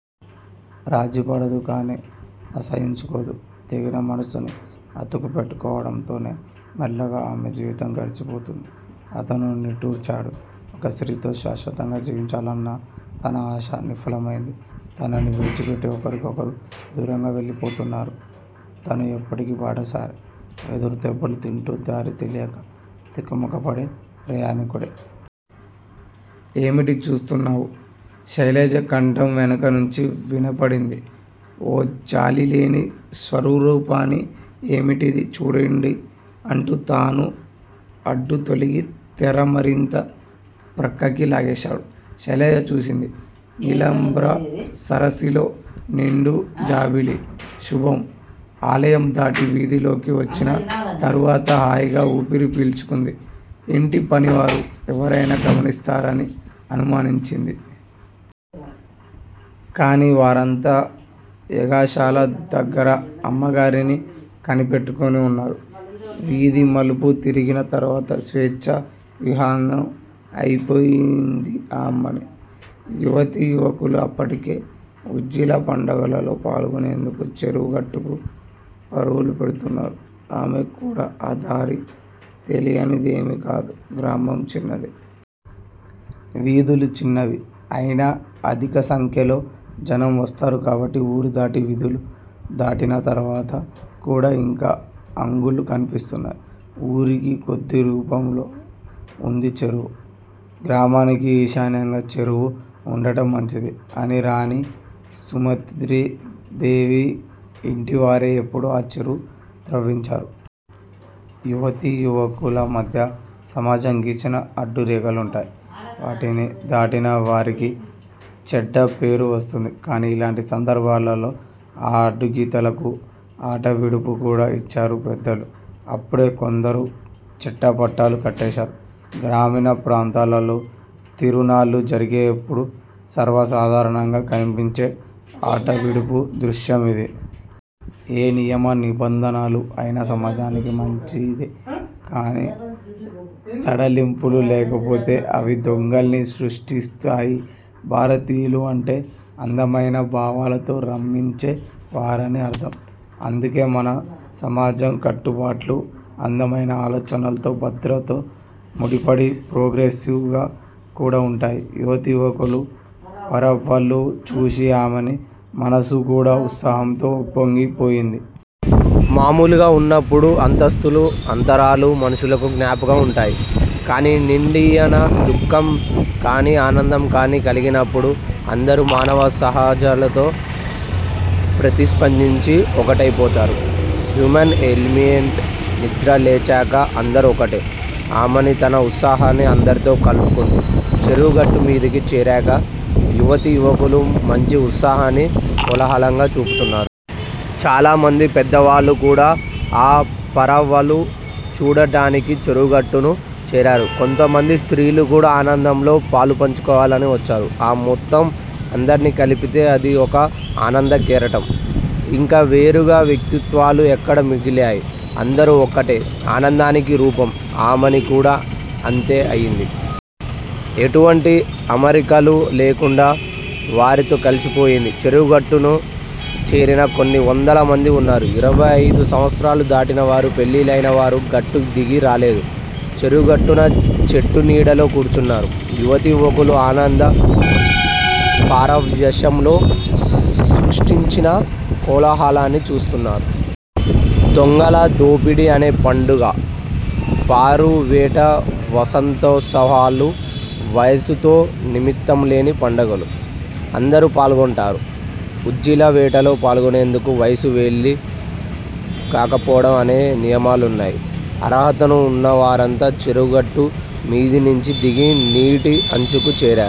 రాజీపడదు. కాని అసహ్యించుకోదు. తెగిన మనసుని అతుకుపెట్టుకోవటంతోనే మెల్లగా ఆమెజీవితం గడిచి పోతుంది. అతను నిట్టూర్చాడు. ఒక్క స్త్రీతో శాశ్వతంగా జీవించాలన్న తన ఆశ నిష్ఫలమైంది. తనని విడిచిపెట్టి ఒక్కొక్కరూ దూరంగా వెళ్లిపోతున్నారు. తను ఎప్పటికీ బాటసారే. ఎదురుదెబ్బలు తింటూ దారి తెలియక తికమకపడే ప్రయాణికుడే. ఏమిటి చూస్తున్నావు? శైలజ కంఠం వెనకనుంచి వినపడింది. ఓ జాలిలేని స్వరూపాన్ని. ఏమిటది? చూడండి అంటూ తాను అడ్డుతొలగి, తెర మరింత ప్రక్కకి లాగేశాడు. శైలజ చూసింది. నీలాభ్ర సరసిలో నిండుజాబిల్లి. శుభం। ఆలయం దాటి వీధిలోకి వచ్చిన తరువాత హాయిగా ఊపిరి పీల్చుకుంది. ఇంటి పనివారు ఎవరయినా గమనిస్తారని అనుమానించింది. కాని వారంతా యాగశాల దగ్గర అమ్మగారిని కనిపెట్టుకుని ఉన్నారు. వీధి మలుపు తిరిగిన తరువాత స్వేచ్ఛా విహంగం అయిపోయింది ఆమని! యువతీ యువకులు అప్పటికే ఉజ్జీల పండుగలో పాల్గొనేందుకు చెరువు గట్టుకు పరుగులు పెడుతున్నారు. ఆమెకు కూడా ఆ దారి తెలియనిదేమీ కాదు, గ్రామం చిన్నది. వీధులు చిన్నవి! అయినా అధిక సంఖ్యలో జనం వస్తారు కాబట్టి ఊరు దాటి వీధులు దాటిన తరువాత కూడ ఇంకా అంగళ్ళు కన్పిస్తున్నాయి. ఊరికి కొద్ది రూపమ్లో ఉంది చెరువు! గ్రామానికి ఈశాన్యంగా చెరువు ఉండటం మంచిది అని రాణి సుమత్రిదేవి ఇంటివారే ఎప్పుడో ఆ చెరువు త్రవ్వించారు. యువతీ యువకుల మధ్య సమాజం గీచిన అడ్డు రేఖలుంటాయి. వాటిని దాటిన వారికి చెడ్డపేరు వస్తుంది. కాని ఇలాంటి సందర్భాలలో ఆ అడ్డుగీతలకు ఆటవిడుపు కూడ ఇచ్చారు పెద్దలు! అప్పుడే కొందరు చెట్టపట్టాలు కట్టేశారు. గ్రామీణ ప్రాంతాలలో తిరునాళ్ళు జరిగేప్పుడు సర్వసాధారణంగా కన్పించే ఆటవిడుపు దృశ్యం ఇది. ఏ నియమ నిబంధనలు అయినా సమాజానికి మంచిదే! కాని సడలింపులు లేకపోతే అవి దొంగల్ని సృష్టిస్తాయి. భారతీయులు అంటే అందమయిన భావాలతో రమించే వారని అర్ధం. అందుకే మన సమాజం కట్టుబాట్లు అందమయిన ఆలోచనలతో భద్రతతో ముడిపడి ప్రోగ్రెసివ్ గా కూడా వుంటాయి. యువతీ యువకుల పరవళ్ళు చూచి ఆమని మనసు కూడ ఉత్సాహంతో ఉప్పొంగి పోయింది. మామూలుగా వున్నప్పుడు అంతస్థులు, అంతరాలు మనుషులకు జ్ఞాపకం వుంటాయి. కాని నిండయిన దుఃఖం కాని ఆనందం కాని కలిగినప్పుడు అందరూ మానవ సహజాతాలతో ప్రతిస్పందించి ఒకటి అయిపోతారు. హ్యూమన్ ఎలిమెంట్ నిద్రలేచాక అందరూ ఒక్కటే! ఆమని తన ఉత్సాహాన్ని అందరితో కలుపుకుంది. చెరువు గట్టుమీదకి చేరాక యువతీ యువకులు మాంచి ఉత్సాహాన్ని కోలాహలంగా చూపుతున్నారు. చాలామంది పెద్దవాళ్ళు కూడా ఆ పరవళ్ళు చూడటానికి చెరువు గట్టున చేరారు. కొంతమంది స్త్రీలు కూడ ఆనందంలో పాలుపంచుకోవాలని వచ్చారు. ఆ మొత్తం అందరినీ కలిపితే అది ఒక ఆనంద కెరటం. ఇంక వేరుగా వ్యక్తిత్వాలు ఎక్కడ మిగిలాయి? అందరూ ఒక్కటే! ఆనందానికి రూపం! ఆమని కూడ అంతే అయింది. ఎటువంటి అమరికలు లేకుండా వారితో కలిసిపోయింది. చెరువు గట్టున చేరిన కొన్ని వందల మంది వున్నారు. ఇరవై అయిదు సంవత్సరాలు దాటిన వారు, పెళ్ళిళ్ళు అయినవారు గట్టు దిగి రాలేదు. చెరువు గట్టున చెట్టు నీడలో కూర్చున్నారు. యువతీ యువకులు ఆనంద పారవశ్యంలో సృష్టించిన కోలాహలాన్ని చూస్తున్నారు. దొంగల దోపిడి అనే పండుగ, పారువేట, వసంతోత్సవాలు వయసుతో నిమిత్తంలేని పండుగలు. అందరూ పాల్గొంటారు. ఉజ్జీలవేటలో పాల్గొనేందుకు వయసు పెళ్ళి కాకపోవటం అనే నియమాలున్నాయి. అర్హతను వున్నవారంతా చెరువు గట్టు మీది నించి దిగి నీటి అంచుకు చేరారు.